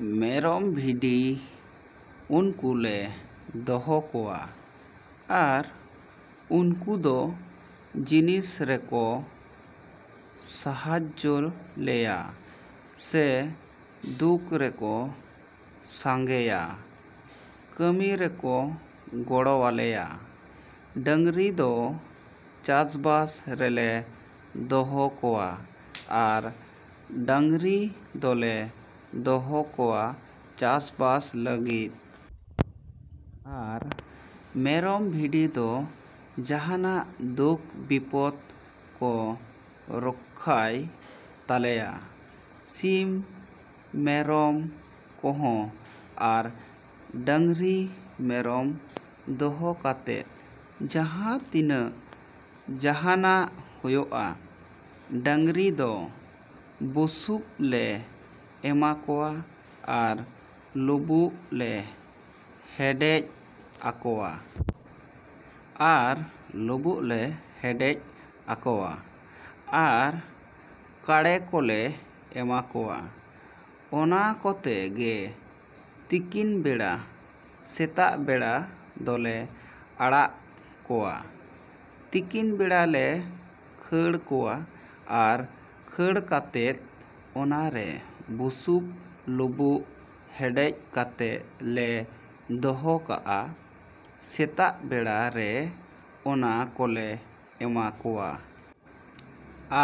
ᱢᱮᱨᱚᱢ, ᱵᱷᱤᱰᱤ ᱩᱱᱠᱩ ᱞᱮ ᱫᱚᱦᱚ ᱠᱚᱣᱟ᱾ ᱟᱨ ᱩᱱᱠᱩ ᱫᱚ ᱡᱤᱱᱤᱥ ᱨᱮᱠᱚ ᱥᱟᱦᱟᱡᱡᱳ ᱞᱮᱭᱟ ᱥᱮ ᱫᱩᱠ ᱨᱮᱠᱚ ᱥᱟᱸᱜᱮᱭᱟ, ᱠᱟᱹᱢᱤ ᱨᱮᱠᱚ ᱜᱚᱲᱚᱣᱟᱞᱮᱭᱟ᱾ ᱰᱟᱝᱨᱤ ᱫᱚ ᱪᱟᱥᱵᱟᱥ ᱨᱮᱞᱮ ᱫᱚᱦᱚ ᱠᱚᱣᱟ᱾ ᱟᱨ ᱰᱟᱝᱨᱤ ᱫᱚᱞᱮ ᱫᱚᱦᱚ ᱠᱚᱣᱟ ᱪᱟᱥᱵᱟᱥ ᱞᱟᱹᱜᱤᱫ᱾ ᱟᱨ ᱢᱮᱨᱚᱢ, ᱵᱷᱤᱰᱤ ᱫᱚ ᱡᱟᱸᱦᱟᱱᱟᱜ ᱫᱩᱠ ᱵᱤᱯᱚᱫ ᱠᱚ ᱨᱚᱠᱠᱷᱟᱭ ᱛᱟᱞᱮᱭᱟ, ᱥᱤᱢ ᱢᱮᱨᱚᱢ ᱠᱚᱦᱚᱸ᱾ ᱟᱨ ᱰᱟᱝᱨᱤ ᱢᱮᱨᱚᱢ ᱫᱚᱦᱚ ᱠᱟᱛᱮ ᱡᱟᱦᱟᱸ ᱛᱤᱱᱟᱹᱜ ᱡᱟᱸᱦᱟᱱᱟᱜ ᱦᱩᱭᱩᱜᱼᱟ, ᱰᱟᱝᱨᱤ ᱫᱚ ᱵᱩᱥᱩᱵ ᱞᱮ ᱮᱢᱟ ᱠᱚᱣᱟ, ᱟᱨ ᱞᱩᱵᱩᱜ ᱞᱮ ᱦᱮᱰᱮᱡ ᱟᱠᱚᱣᱟ᱾ ᱟᱨ ᱞᱩᱵᱩᱜ ᱞᱮ ᱦᱮᱰᱮᱡ ᱟᱠᱚᱣᱟ᱾ ᱟᱨ ᱠᱟᱲᱮ ᱠᱚᱞᱮ ᱮᱢᱟ ᱠᱚᱣᱟ᱾ ᱚᱱᱟ ᱠᱚᱛᱮ ᱜᱮ ᱛᱤᱠᱤᱱ ᱵᱮᱲᱟ, ᱥᱮᱛᱟᱜ ᱵᱮᱲᱟ ᱫᱚᱞᱮ ᱟᱲᱟᱜ ᱠᱚᱣᱟ, ᱛᱤᱠᱤᱱ ᱵᱮᱲᱟ ᱞᱮ ᱠᱷᱟᱹᱲ ᱠᱚᱣᱟ᱾ ᱟᱨ ᱠᱷᱟᱹᱲ ᱠᱟᱛᱮᱫ ᱚᱱᱟ ᱨᱮ ᱵᱩᱥᱩᱵ, ᱞᱩᱵᱩᱜ ᱦᱮᱰᱮᱡ ᱠᱟᱛᱮ ᱞᱮ ᱫᱚᱦᱚ ᱠᱟᱜᱼᱟ ᱥᱮᱛᱟᱜ ᱵᱮᱲᱟ ᱨᱮ, ᱚᱱᱟ ᱠᱚᱞᱮ ᱮᱢᱟ ᱠᱚᱣᱟ᱾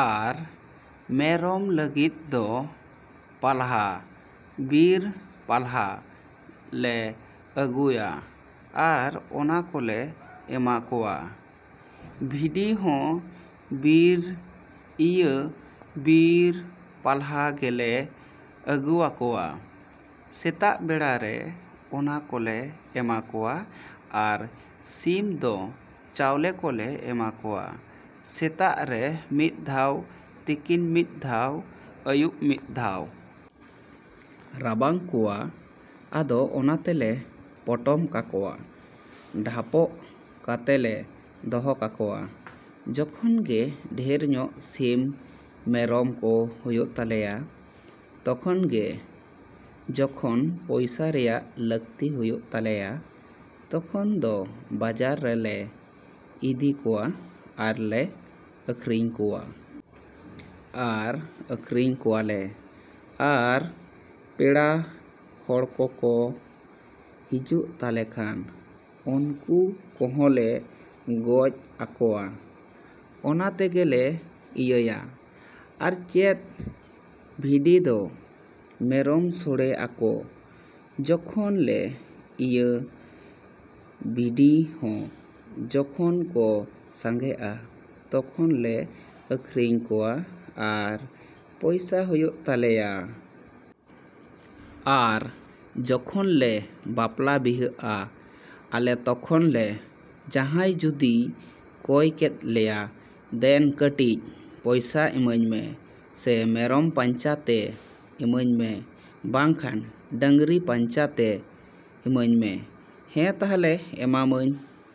ᱟᱨ ᱢᱮᱨᱚᱢ ᱞᱟᱹᱜᱤᱫ ᱫᱚ ᱯᱟᱞᱦᱟ, ᱵᱤᱨ ᱯᱟᱞᱦᱟ ᱞᱮ ᱟᱹᱜᱩᱭᱟ᱾ ᱟᱨ ᱚᱱᱟ ᱠᱚᱞᱮ ᱮᱢᱟ ᱠᱚᱣᱟ, ᱵᱷᱤᱰᱤ ᱦᱚᱸ, ᱵᱤᱨ, ᱤᱭᱟᱹ ᱵᱤᱨ ᱯᱟᱞᱦᱟ ᱜᱮᱞᱮ ᱟᱹᱜᱩᱣᱟᱠᱚᱣᱟ ᱥᱮᱛᱟᱜ ᱵᱮᱲᱟ ᱨᱮ, ᱚᱱᱟ ᱠᱚᱞᱮ ᱮᱢᱟ ᱠᱚᱣᱟ᱾ ᱟᱨ ᱥᱤᱢ ᱫᱚ ᱪᱟᱣᱞᱮ ᱠᱚᱞᱮ ᱮᱢᱟ ᱠᱚᱣᱟ, ᱥᱮᱛᱟᱜ ᱨᱮ ᱢᱤᱫ ᱫᱷᱟᱣ, ᱛᱤᱠᱤᱱ ᱢᱤᱫ ᱫᱷᱟᱣ, ᱟᱹᱭᱩᱵ ᱢᱤᱫ ᱫᱷᱟᱣ᱾ ᱨᱟᱵᱟᱝ ᱠᱚᱣᱟ, ᱟᱫᱚ ᱚᱱᱟ ᱛᱮᱞᱮ ᱯᱚᱴᱚᱢ ᱠᱟᱠᱚᱣᱟ᱾ ᱰᱷᱟᱯᱚᱜ ᱠᱟᱛᱮᱞᱮ ᱫᱚᱦᱚ ᱠᱟᱠᱚᱣᱟ᱾ ᱡᱚᱠᱷᱚᱱ ᱜᱮ ᱰᱷᱮᱨ ᱧᱚᱜ ᱥᱤᱢ, ᱢᱮᱨᱚᱢ ᱠᱚ ᱦᱩᱭᱩᱜ ᱛᱟᱞᱮᱭᱟ᱾ ᱛᱚᱠᱷᱚᱱ ᱜᱮ, ᱡᱚᱠᱷᱚᱱ ᱯᱚᱭᱥᱟ ᱨᱮᱭᱟᱜ ᱞᱟᱹᱠᱛᱤ ᱦᱩᱭᱩᱜ ᱛᱟᱞᱮᱭᱟ, ᱛᱚᱠᱷᱚᱱ ᱫᱚ ᱵᱟᱡᱟᱨ ᱨᱮᱞᱮ ᱤᱫᱤ ᱠᱚᱣᱟ, ᱟᱨ ᱞᱮ ᱟᱹᱠᱷᱨᱤᱧ ᱠᱚᱣᱟ᱾ ᱟᱨ ᱟᱠᱷᱨᱤᱧ ᱠᱚᱣᱟ ᱞᱮ ᱟᱨ ᱯᱮᱲᱟ ᱦᱚᱲ ᱠᱚᱠᱚ ᱦᱤᱡᱩᱜ ᱛᱟᱞᱮ ᱠᱷᱟᱱ ᱩᱱᱠᱩ ᱠᱚ ᱦᱚᱸᱞᱮ ᱜᱚᱡ ᱟᱠᱚᱣᱟ᱾ ᱚᱱᱟ ᱛᱮᱜᱮᱞᱮ ᱤᱭᱟᱹᱭᱟ᱾ ᱟᱨ ᱪᱮᱫ ᱵᱷᱤᱰᱤ ᱫᱚ ᱢᱮᱨᱚᱢ ᱥᱚᱲᱮᱜ ᱟᱠᱚ, ᱛᱚᱠᱷᱚᱱ ᱞᱮ ᱤᱭᱟᱹ ᱵᱷᱤᱰᱤ ᱦᱚᱸ ᱡᱚᱠᱷᱚᱱ ᱠᱚ ᱥᱟᱸᱜᱮᱜᱼᱟ ᱛᱚᱠᱷᱚᱱ ᱞᱮ ᱟᱠᱷᱨᱤᱧ ᱠᱚᱣᱟ, ᱟᱨ ᱯᱚᱭᱥᱟ ᱦᱩᱭᱩᱜ ᱛᱟᱞᱮᱭᱟ᱾ ᱟᱨ ᱡᱚᱠᱷᱚᱱ ᱞᱮ ᱵᱟᱯᱞᱟ ᱵᱤᱦᱟᱹᱜᱼᱟ ᱟᱞᱮ ᱛᱚᱠᱷᱚᱱ ᱞᱮ ᱡᱟᱦᱟᱸᱭ ᱡᱩᱫᱤᱭ ᱠᱚᱭ ᱠᱮᱫ ᱞᱮᱭᱟ ᱫᱮᱱ ᱠᱟᱹᱴᱤᱡ ᱯᱚᱭᱥᱟ ᱤᱢᱟᱹᱧ ᱢᱮ᱾ ᱥᱮ ᱢᱮᱨᱚᱢ ᱯᱟᱧᱪᱟ ᱛᱮ ᱤᱢᱟᱹᱧ ᱢᱮ᱾ ᱵᱟᱝᱠᱷᱟᱱ ᱰᱟᱝᱨᱤ ᱯᱟᱧᱪᱟ ᱛᱮ ᱤᱢᱟᱹᱧ ᱢᱮ᱾ ᱦᱮᱸ ᱛᱟᱦᱞᱮ ᱮᱢᱟᱢᱟᱹᱧ᱾